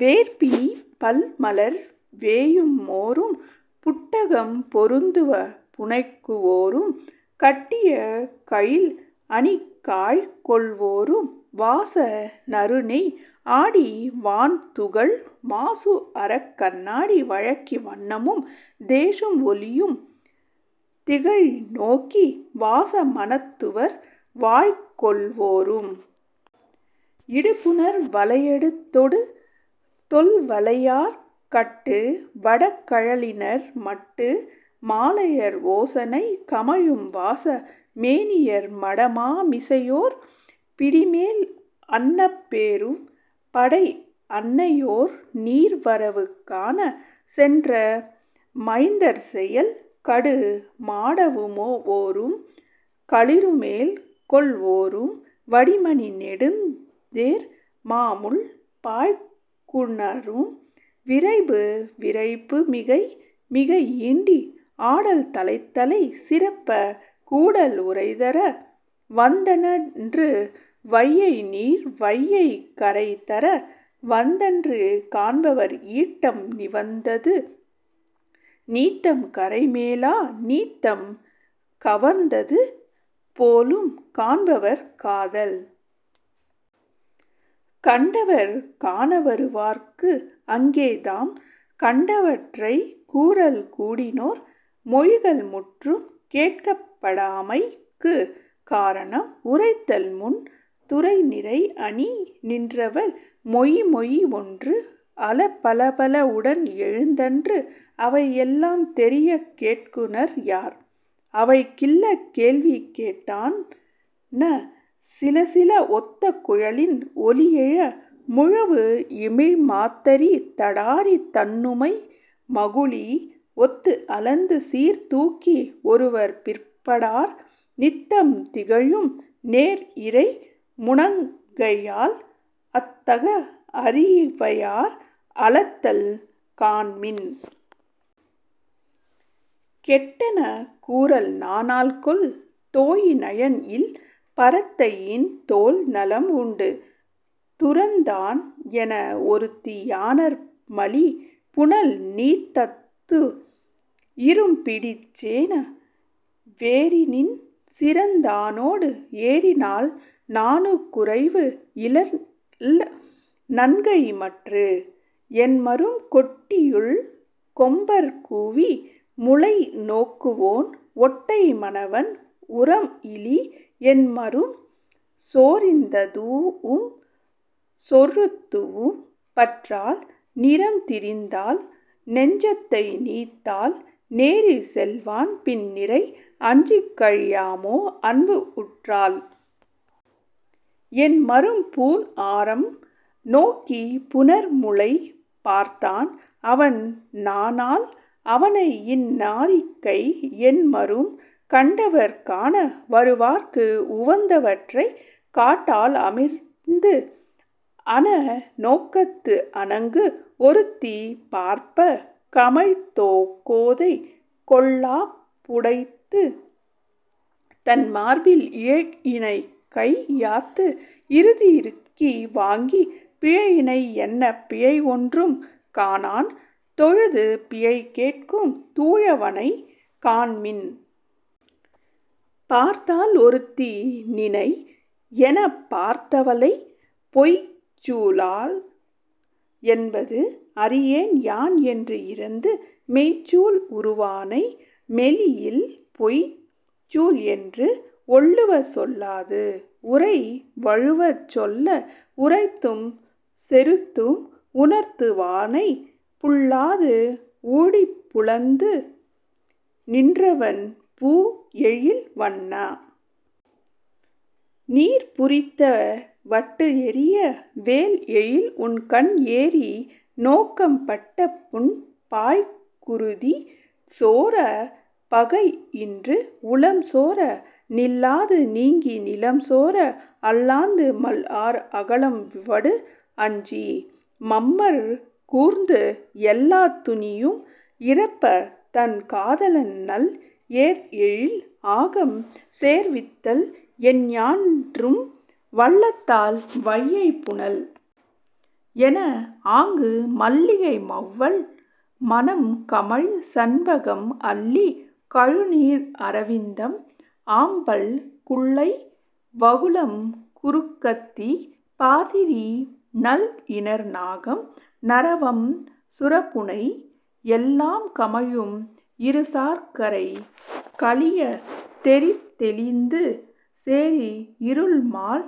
வேர் பிணி பல் மலர் வேயுமோரும் புட்டகம் பொருந்துவ புனைகுவோரும் கட்டிய கயில் அணி காழ் கொள்வோரும் வாச நறு நெய் ஆடி வான் துகள் மாசு அறக் கண்ணாடி வயக்கி வண்ணமும் தேசும் ஒளியும் திகழ நோக்கி வாச மணத் துவர் வாய்க் கொள்வோரும் இடு புணர் வளையடு தொடு தோள்வளையார் கட்டு வடக் கழலினர் மட்டு மாலையர் ஓசனை கமழும் வாச மேனியர் மட மா மிசையோர் பிடிமேல் அன்னப் பெரும் படை அன்னையோர் நீர் வரவு காணச் சென்ற மைந்தர் செயல் கடு மா டவுவோரும், களிறுமேல் கொள்வோரும் வடி மணி நெடுந் தேர் மா முள் பாய்க்குநரும் விரைபு விரைபு மிகை மிகை ஈண்டி, ஆடல் தலைத்தலை சிறப்ப கூடல் உரைதர வந்தன்று வையை நீர் வையைக் கரை தர வந்தன்று காண்பவர் ஈட்டம் நிவந்தது நீத்தம் கரைமேலா நீத்தம் கவர்ந்தது போலும் காண்பவர் காதல். கண்டவர் காணவருவார்க்கு அங்கே தாம் கண்டவற்றைக் கூறல் கூடினோர் மொழிகள் முற்றும் கேட்கப்படாமைக்குக் காரணம் உரைத்தல் முன் துறை நிறை அணி நின்றவர் மொயி மொயி ஒன்று அல பலபல உடன் எழுந்தன்று அவை எல்லாம் தெரியக் கேட்குநர் யார்? அவை கில்ல கேள்வி கேட்டன சிலசில ஒத்த குழலின் ஒலி எழ முழவு இமிழ் மத்தரி தடாரி தண்ணுமை மகுளி ஒத்து அளந்து சீர் தூக்கி ஒருவர் பிற்படார் நித்தம் திகழும் நேர் இறை முன்கையால் அத் தக அரிவையார் அளத்தல் காண்மின். கெட்டன கூறல் நாணாள்கொல் தோழி நயன் இல் பரத்தையின் தோள் நலம் உண்டு துறந்தான் என ஒருத்தி யாணர் மலி புனல் நீத்தத்து இரும் பிடி சேண வெரிநின் சிறந்தானோடு ஏறினாள் நாணுக் குறைவு இலள் நங்கை மற்று? என்மரும் கோட்டியுள் கொம்பர் குவி முலை நோக்குவோன் ஓட்டை மனவன் உரம் இலி என்மரும் சொறிந்ததூஉம் சொற்றதூஉம் பற்றாள் நிறம் திரிந்தாள் நெஞ்சத்தை நீத்தாள் நெறி செல்வான் பின் நிறை அஞ்சிக் கழியாமோ அன்பு உற்றால்? என்மரும் பூண் ஆரம் நோக்கிப் புணர் முலை பார்த்தான் அவன் நாணாள் அவனை இந் நாரிகை என்மரும் கண்டவர் காண வருவார்க்கு உவந்தவற்றைக் காட்டல் அமிர்து அன நோக்கத்து அணங்கு ஒருத்தி பார்ப்ப, கமழ் கோதை கோலாப் புடைத்து, தன் மார்பில் இழையினைக் கை யாத்து இறுகிறுக்கி வாங்கி பிழையினை என்ன பிழை ஒன்றும் காணான் தொழுது பிழை கேட்கும் தூயவனைக் காண்மின். பார்த்தாள் ஒருத்தி நினை எனபார்த்தவளைப் பொய்ச் சூளாள் என்பது அறியேன் யான் என்று இரந்து மெய்ச் சூள் உறுவானை மெலியில் பொய்ச் சூள் என்று ஒல்லுவ சொல்லாது, உரை வழுவச் சொல்ல உறைத்தும் செறுத்தும் உணர்த்துவானைப் புல்லாது ஊடிப் புலந்து நின்றவள் பூ எழில் வண்ண நீர் புரித்த வட்டு எறிய, வேல் எழில் உண்கண் எறி நோக்கம் பட்ட புண் பாய் குருதி சோர, பகை இன்று உளம் சோர, நில்லாது நீங்கி நிலம் சோர அல்லாந்து மல் ஆர் அகலம் வடு அஞ்சி, மம்மர் கூர்ந்து, எல்லாத் துனியும் இறப்ப, தன் காதலன் நல் ஏர் எழில் ஆகம் சேர்வித்தல் எஞ்ஞான்றும் வல்லதால் வையைப் புனல். என ஆங்கு மல்லிகை மௌவல் மணம் கமழ் சண்பகம் அல்லி கழுநீர் அரவிந்தம் ஆம்பல் குல்லை வகுளம் குருக்கத்தி பாதிரி நல் இணர் நாகம் நறவம் சுரபுன்னை எல்லாம் கமழும் இரு சார் கரை கலிழ தேறித் தெளிந்து செறி இருள் மால்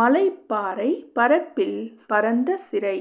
மலை பாறைப் பரப்பில் பரந்த சிறை